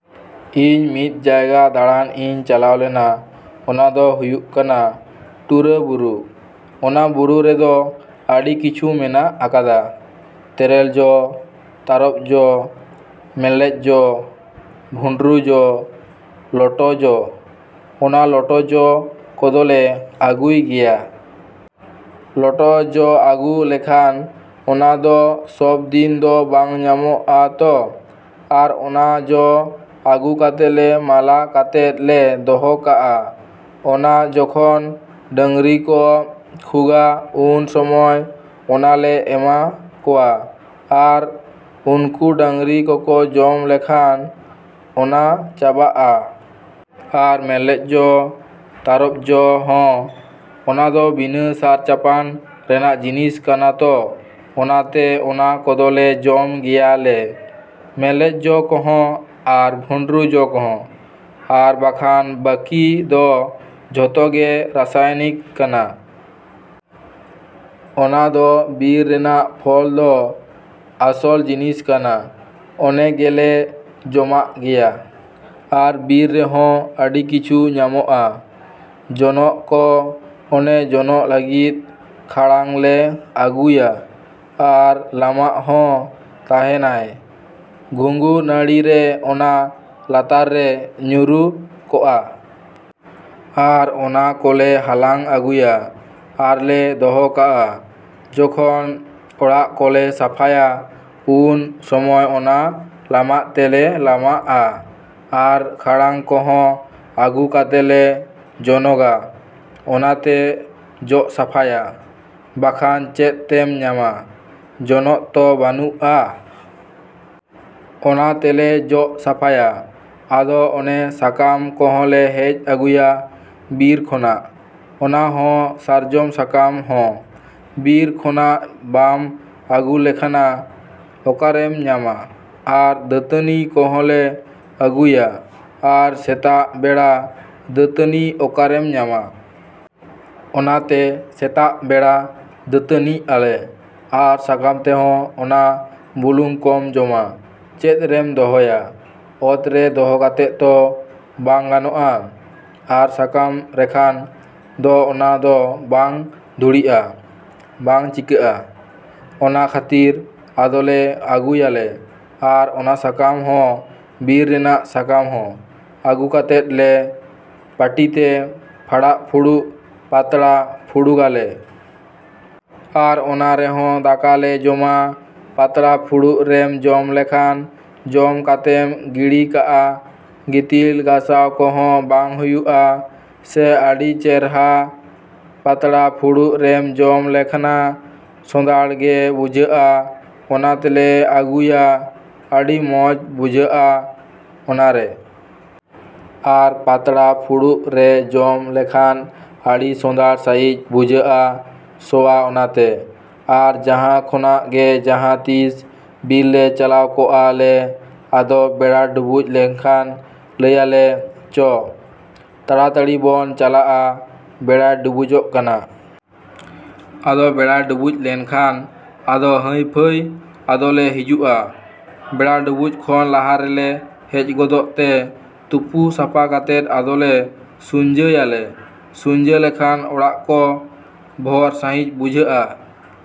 ᱤᱧ ᱢᱤᱫ ᱡᱟᱭᱜᱟ ᱫᱟᱬᱟᱱ ᱤᱧ ᱪᱟᱞᱟᱣ ᱞᱮᱱᱟ᱾ ᱚᱱᱟ ᱫᱚ ᱦᱩᱭᱩᱜ ᱠᱟᱱᱟ ᱴᱩᱨᱟᱹᱵᱩᱨᱩ᱾ ᱚᱱᱟ ᱵᱩᱨᱩ ᱨᱮᱫᱚ ᱟᱹᱰᱤ ᱠᱤᱪᱷᱩ ᱢᱮᱱᱟᱜ ᱟᱠᱟᱫᱟ᱾ ᱛᱮᱨᱮᱞ ᱡᱚ, ᱛᱟᱨᱚᱯ ᱡᱚ, ᱢᱮᱨᱞᱮᱡ ᱡᱚ, ᱵᱷᱩᱸᱰᱨᱩ ᱡᱚ, ᱞᱚᱴᱚ ᱡᱚ᱾ ᱚᱱᱟ ᱞᱚᱴᱚ ᱡᱚ ᱠᱚᱫᱚᱞᱮ ᱟᱹᱜᱩᱭ ᱜᱮᱭᱟ᱾ ᱞᱚᱴᱚ ᱡᱚ ᱟᱹᱜᱩ ᱞᱮᱠᱷᱟᱱ ᱚᱱᱟ ᱫᱚ ᱥᱚᱵᱽ ᱫᱤᱱ ᱫᱚ ᱵᱟᱝ ᱧᱟᱢᱚᱜᱼᱟ ᱛᱚ᱾ ᱟᱨ ᱚᱱᱟ ᱡᱚ ᱟᱹᱜᱩ ᱠᱟᱛᱮᱞᱮ ᱢᱟᱞᱟ ᱠᱟᱛᱮᱫ ᱞᱮ ᱫᱚᱦᱚ ᱠᱟᱜᱼᱟ᱾ ᱚᱱᱟ ᱡᱚᱠᱷᱚᱱ ᱰᱟᱹᱝᱨᱤ ᱠᱚ ᱠᱷᱩᱜᱟ ᱩᱱ ᱥᱚᱢᱚᱭ ᱚᱱᱟᱞᱮ ᱮᱢᱟ ᱠᱚᱣᱟ᱾ ᱟᱨ ᱩᱱᱠᱩ ᱰᱟᱹᱝᱨᱤ ᱠᱚᱠᱚ ᱡᱚᱢ ᱞᱮᱠᱷᱟᱱ ᱚᱱᱟ ᱪᱟᱵᱟᱜᱼᱟ᱾ ᱟᱨ ᱢᱮᱨᱞᱮᱡ ᱡᱚ, ᱛᱟᱨᱚᱯ ᱡᱚ ᱦᱚᱸ ᱚᱱᱟᱫᱚ ᱵᱤᱱᱟᱹ ᱥᱟᱨ ᱪᱟᱯᱟᱱ ᱨᱮᱱᱟᱜ ᱡᱤᱱᱤᱥ ᱠᱟᱱᱟ ᱛᱚ, ᱚᱱᱟᱛᱮ ᱚᱱᱟ ᱠᱚᱫᱚᱞᱮ ᱡᱚᱢ ᱜᱮᱭᱟ ᱞᱮ᱾ ᱢᱮᱨᱞᱮᱡ ᱡᱚ ᱠᱚᱦᱚᱸ, ᱟᱨ ᱵᱷᱩᱸᱰᱨᱩ ᱠᱚᱦᱚᱸ᱾ ᱟᱨ ᱵᱟᱠᱷᱟᱱ ᱵᱟᱹᱠᱤ ᱫᱚ ᱡᱷᱚᱛᱚ ᱜᱮ ᱨᱟᱥᱟᱭᱱᱤᱠ ᱠᱟᱱᱟ᱾ ᱚᱱᱟ ᱫᱚ ᱵᱤᱨ ᱨᱮᱱᱟᱜ ᱯᱷᱚᱞ ᱫᱚ ᱟᱥᱚᱞ ᱡᱤᱱᱤᱥ ᱠᱟᱱᱟ, ᱚᱱᱮ ᱜᱮᱞᱮ ᱡᱚᱢᱟᱜ ᱜᱮᱭᱟ᱾ ᱟᱨ ᱵᱤᱨ ᱨᱮᱦᱚᱸ ᱟᱹᱰᱤ ᱠᱤᱪᱷᱩ ᱧᱟᱢᱚᱜᱼᱟ᱾ ᱡᱚᱱᱚᱜ ᱠᱚ ᱚᱱᱮ ᱡᱚᱱᱚᱜ ᱞᱟᱹᱜᱤᱫ ᱠᱷᱟᱲᱟᱝ ᱞᱮ ᱟᱹᱜᱩᱭᱟ᱾ ᱟᱨ ᱞᱟᱢᱟᱜ ᱦᱚᱸ ᱛᱟᱦᱮᱱᱟᱭ᱾ ᱜᱷᱩᱸᱜᱩ ᱱᱟᱹᱲᱤ ᱨᱮ ᱚᱱᱟ ᱞᱟᱛᱟᱨ ᱨᱮ ᱧᱩᱨᱩ ᱠᱚᱜᱼᱟ᱾ ᱟᱨ ᱚᱱᱟ ᱠᱚᱞᱮ ᱦᱟᱞᱟᱝ ᱟᱹᱜᱩᱭᱟ᱾ ᱟᱨᱞᱮ ᱫᱚᱦᱚ ᱠᱟᱜᱼᱟ᱾ ᱡᱚᱠᱷᱚᱱ ᱚᱲᱟᱜ ᱠᱚᱞᱮ ᱥᱟᱯᱷᱟᱭᱟ, ᱩᱱ ᱥᱚᱢᱚᱭ ᱚᱱᱟ ᱞᱟᱢᱟᱜ ᱛᱮᱞᱮ ᱞᱟᱢᱟᱜᱼᱟ᱾ ᱟᱨ ᱠᱷᱟᱲᱟᱝ ᱠᱚᱦᱚᱸ ᱟᱹᱜᱩ ᱠᱟᱛᱮᱞᱮ ᱡᱚᱱᱚᱜᱟ, ᱚᱱᱟᱛᱮ ᱡᱚᱜ ᱥᱟᱯᱷᱟᱭᱟ᱾ ᱵᱟᱠᱷᱟᱱ ᱪᱮᱫ ᱛᱮᱢ ᱧᱟᱢᱟ? ᱡᱚᱱᱚᱜ ᱛᱚ ᱵᱟᱹᱱᱩᱜᱼᱟ᱾ ᱚᱱᱟ ᱛᱮᱞᱮ ᱡᱚᱜ ᱥᱟᱯᱷᱟᱭᱟ᱾ ᱟᱫᱚ ᱚᱱᱮ ᱥᱟᱠᱟᱢ ᱠᱚᱦᱚᱸᱞᱮ ᱦᱮᱡ ᱟᱹᱜᱩᱭᱟ ᱵᱤᱨ ᱠᱷᱚᱱᱟᱜ, ᱚᱱᱟ ᱦᱚᱸ ᱥᱟᱨᱡᱚᱢ ᱥᱟᱠᱟᱢ ᱦᱚᱸ ᱵᱤᱨ ᱠᱷᱚᱱᱟᱜ ᱵᱟᱢ ᱟᱹᱜᱩ ᱞᱮᱠᱷᱱᱟ ᱚᱠᱟᱨᱮᱢ ᱧᱟᱢᱟ᱾ ᱟᱨ ᱫᱟᱹᱛᱟᱹᱱᱤ ᱠᱚᱦᱚᱸᱞᱮ ᱟᱹᱜᱩᱭᱟ᱾ ᱟᱨ ᱥᱮᱛᱟᱜ ᱵᱮᱲᱟ ᱫᱟᱹᱛᱟᱹᱱᱤ ᱚᱠᱟᱨᱮᱢ ᱧᱟᱢᱟ᱾ ᱚᱱᱟᱛᱮ ᱥᱮᱛᱟᱜ ᱵᱮᱲᱟ ᱫᱟᱹᱛᱟᱹᱱᱤᱜ ᱟᱞᱮ᱾ ᱟᱨ ᱥᱟᱠᱟᱢ ᱛᱮᱦᱚᱸ ᱚᱱᱟ ᱵᱩᱞᱩᱝ ᱠᱚᱢ ᱡᱚᱢᱟ, ᱪᱮᱫ ᱨᱮᱢ ᱫᱚᱦᱚᱭᱟ, ᱚᱛ ᱨᱮ ᱫᱚᱦᱚ ᱠᱟᱛᱮ ᱛᱚ, ᱵᱟᱝ ᱜᱟᱱᱚᱜᱼᱟ᱾ ᱟᱨ ᱥᱟᱠᱟᱢ ᱨᱮᱠᱷᱟᱱ ᱫᱚ ᱚᱱᱟ ᱫᱚ ᱵᱟᱝ ᱫᱷᱩᱲᱤᱜᱼᱟ, ᱵᱟᱝ ᱪᱤᱠᱟᱹᱜᱼᱟ᱾ ᱚᱱᱟ ᱠᱷᱟᱹᱛᱤᱨ ᱟᱫᱚᱞᱮ ᱟᱹᱜᱩᱭᱟᱞᱮ, ᱟᱨ ᱚᱱᱟ ᱥᱟᱠᱟᱢ ᱦᱚᱸ ᱵᱤᱨ ᱨᱮᱱᱟᱜ ᱥᱟᱠᱟᱢ ᱦᱚᱸ ᱟᱹᱜᱩ ᱠᱟᱛᱮᱫ ᱞᱮ ᱯᱟᱹᱴᱤᱛᱮ ᱯᱷᱟᱲᱟᱜᱼᱯᱷᱩᱲᱩᱜ ᱯᱟᱛᱲᱟ ᱯᱷᱩᱲᱩᱜᱟᱞᱮ᱾ ᱟᱨ ᱚᱱᱟ ᱨᱮᱦᱚᱸ ᱫᱟᱠᱟ ᱞᱮ ᱡᱚᱢᱟ᱾ ᱯᱟᱛᱲᱟ ᱯᱷᱩᱲᱩᱜ ᱨᱮᱢ ᱡᱚᱢ ᱞᱮᱠᱷᱟᱱ ᱡᱚᱢ ᱠᱟᱛᱮᱢ ᱜᱤᱲᱤ ᱠᱟᱜᱼᱟ᱾ ᱜᱤᱛᱤᱞ ᱜᱟᱥᱟᱣ ᱠᱚᱦᱚᱸ ᱵᱟᱝ ᱦᱩᱭᱩᱜᱼᱟ᱾ ᱥᱮ ᱟᱹᱰᱤ ᱪᱮᱨᱦᱟ ᱯᱟᱛᱲᱟ ᱯᱷᱩᱲᱩᱜ ᱨᱮᱢ ᱡᱚᱢ ᱞᱮᱠᱷᱱᱟ ᱥᱚᱸᱫᱷᱟᱲ ᱜᱮ ᱵᱩᱡᱷᱟᱹᱜᱼᱟ᱾ ᱚᱱᱟᱛᱮᱞᱮ ᱟᱹᱜᱩᱭᱟ, ᱟᱹᱰᱤ ᱢᱚᱡᱽ ᱵᱩᱡᱷᱟᱹᱜᱼᱟ ᱚᱱᱟᱨᱮ᱾ ᱟᱨ ᱯᱟᱛᱲᱟ ᱯᱷᱩᱲᱩᱜ ᱨᱮ ᱡᱚᱢ ᱞᱮᱠᱷᱟᱱ ᱟᱹᱰᱤ ᱥᱚᱸᱫᱷᱟᱲ ᱥᱟᱺᱦᱤᱡ ᱵᱩᱡᱷᱟᱹᱜᱼᱟ ᱥᱚᱣᱟ ᱚᱱᱟᱛᱮ᱾ ᱟᱨ ᱡᱟᱦᱟᱸ ᱠᱷᱚᱱᱟᱜ ᱜᱮ ᱡᱟᱦᱟᱸ ᱛᱤᱥ ᱵᱤᱨ ᱞᱮ ᱪᱟᱞᱟᱣ ᱠᱚᱜᱼᱟ ᱞᱮ ᱟᱫᱚ ᱵᱮᱲᱟ ᱰᱩᱵᱩᱡ ᱞᱮᱱᱠᱷᱟᱱ ᱞᱟᱹᱭᱟᱞᱮ ᱪᱚ, ᱛᱟᱲᱟᱛᱟᱹᱲᱤ ᱵᱚᱱ ᱪᱟᱞᱟᱜᱼᱟ, ᱵᱮᱲᱟᱭ ᱰᱩᱵᱩᱡᱚᱜ ᱠᱟᱱᱟ᱾ ᱟᱫᱚ ᱵᱮᱲᱟᱭ ᱰᱩᱵᱩᱡ ᱞᱮᱱᱠᱷᱟᱱ ᱟᱫᱚ ᱦᱟᱺᱭᱯᱷᱟᱺᱭ ᱟᱫᱚ ᱞᱮ ᱦᱤᱡᱩᱜᱼᱟ᱾ ᱵᱮᱲᱟ ᱰᱩᱵᱩᱡ ᱠᱷᱚᱱ ᱞᱟᱦᱟ ᱨᱮᱞᱮ ᱦᱮᱡ ᱜᱚᱫᱚᱜ ᱛᱮ ᱛᱩᱯᱩ ᱥᱟᱯᱷᱟ ᱠᱟᱛᱮᱫ ᱟᱫᱚᱞᱮ ᱥᱩᱧᱡᱟᱹᱭᱟᱞᱮ᱾ ᱥᱩᱧᱡᱟᱹ ᱞᱮᱠᱷᱟᱱ ᱚᱲᱟᱜ ᱠᱚ ᱵᱷᱚᱨ ᱥᱟᱺᱦᱤᱡ ᱵᱩᱡᱷᱟᱹᱜᱼᱟ᱾